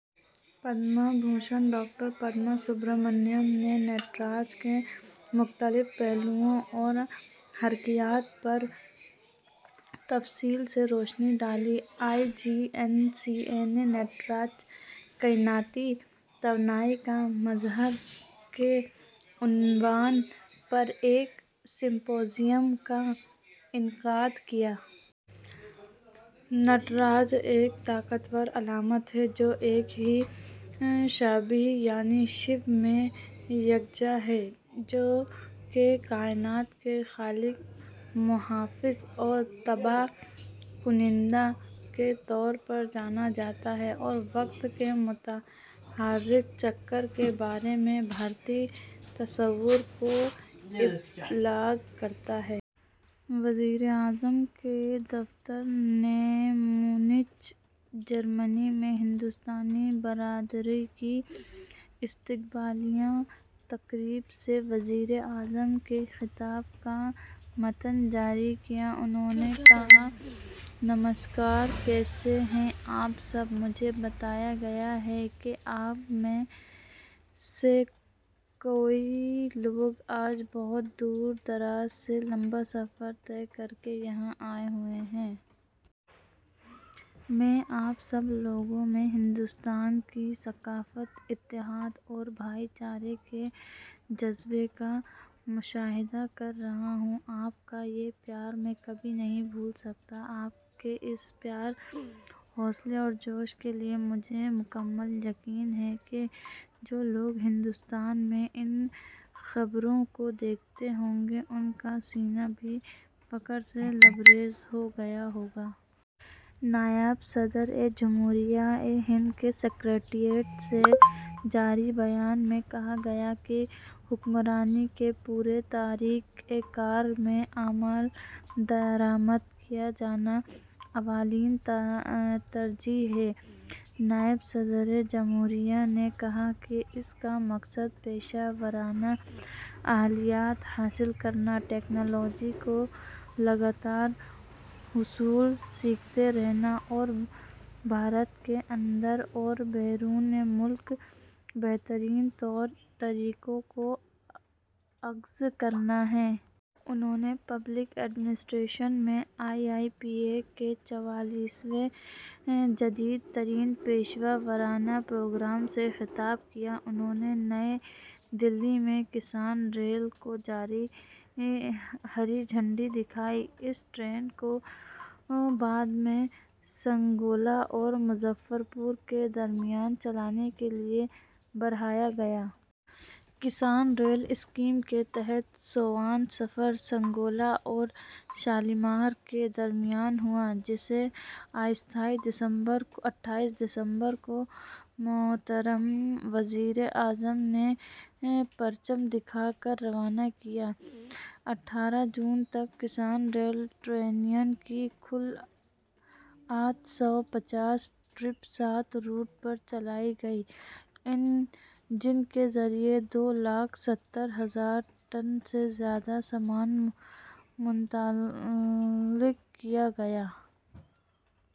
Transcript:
Padma Bhushan doctor Padma Subrahmanyam نے نٹراج کے مختلف پہلوؤں اور حرکیات پر تفصیل سے روشنی ڈالی۔ آئی جی این سی اے نے نٹراج: کائناتی توانائی کا مظہر کے عنوان پر ایک سمپوزیم کا انعقاد کیا۔ نٹراج ایک طاقتور علامت ہے جو ایک ہی شبیہ یعنی شیو میں یکجا ہے، جو کہ کائنات کے خالق، محافظ اور تباہ کنندہ کے طور پر جانا جاتا ہے اور وقت کے متحرک چکر کے بارے میں بھارتی تصور کا ابلاغ کرتا ہے۔ وزیر اعظم کے دفتر نے میونخ، جرمنی میں ہندوستانی برادری کی استقبالیہ تقریب سے وزیر اعظم کے خطاب کا متن جاری کیا۔ انہوں نے کہا، نمسکار! کیسے ہیں آپ سب؟ مجھے بتایا گیا ہے کہ آپ میں سے کئی لوگ آج بہت دور دراز سے لمبا سفر طے کر کے یہاں آئے ہوئے ہیں۔ میں آپ سب لوگوں میں ہندوستان کی ثقافت، اتحاد اور بھائی چارے کے جذبے کا مشاہدہ کر رہا ہوں۔ آپ کا یہ پیار میں کبھی نہیں بھول سکتا۔ آپ کے اس پیار، حوصلے اور جوش کے لیے مجھے مکمل یقین ہے کہ جو لوگ ہندوستان میں ان خبروں کو دیکھتے ہوں گے، ان کا سینہ بھی فخر سے لبریز ہو گیا ہوگا۔ نائب صدر جمہوریہ ہند کے سکریٹریٹ سے جاری بیان میں کہا گیا کہ حکمرانی کے پورے طریقہ کار میں عمل درآمد کیا جانا اولین ترجیح ہے۔ نائب صدر جمہوریہ نے کہا کہ اس کا مقصد پیشہ ورانہ اہلیت حاصل کرنا، ٹیکنالوجی کا لگاتار حصول، سیکھتے رہنا اور بھارت کے اندر اور بیرون ملک بہترین طور طریقوں کو اخذ کرنا ہے۔ انہوں نے پبلک ایڈمنسٹریشن میں آئی آئی پی اے کے چوالیسویں جدید ترین پیشہ ورانہ پروگرام سے خطاب کیا۔ انہوں نے نئی دہلی میں کسان ریل کو ہری جھنڈی دکھائی۔ اس ٹرین کو بعد میں سنگولا اور مظفر پور کے درمیان چلانے کے لیے بڑھایا گیا ہے۔ کسان ریل اسکیم کے تحت سوواں سفر سنگولا اور شالیمار کے درمیان ہوا جسے اٹھائیس دسمبر کو محترم وزیر اعظم نے پرچم دکھا کر روانہ کیا۔ اٹھارہ جون تک کسان ریل ٹرینوں کی کل آٹھ سو پچاس ٹرپس ساٹھ روٹوں پر چلائی گئیں، جن کے ذریعے دو لاکھ ستر ہزار ٹن سے زیادہ سامان منتقل کیا گیا۔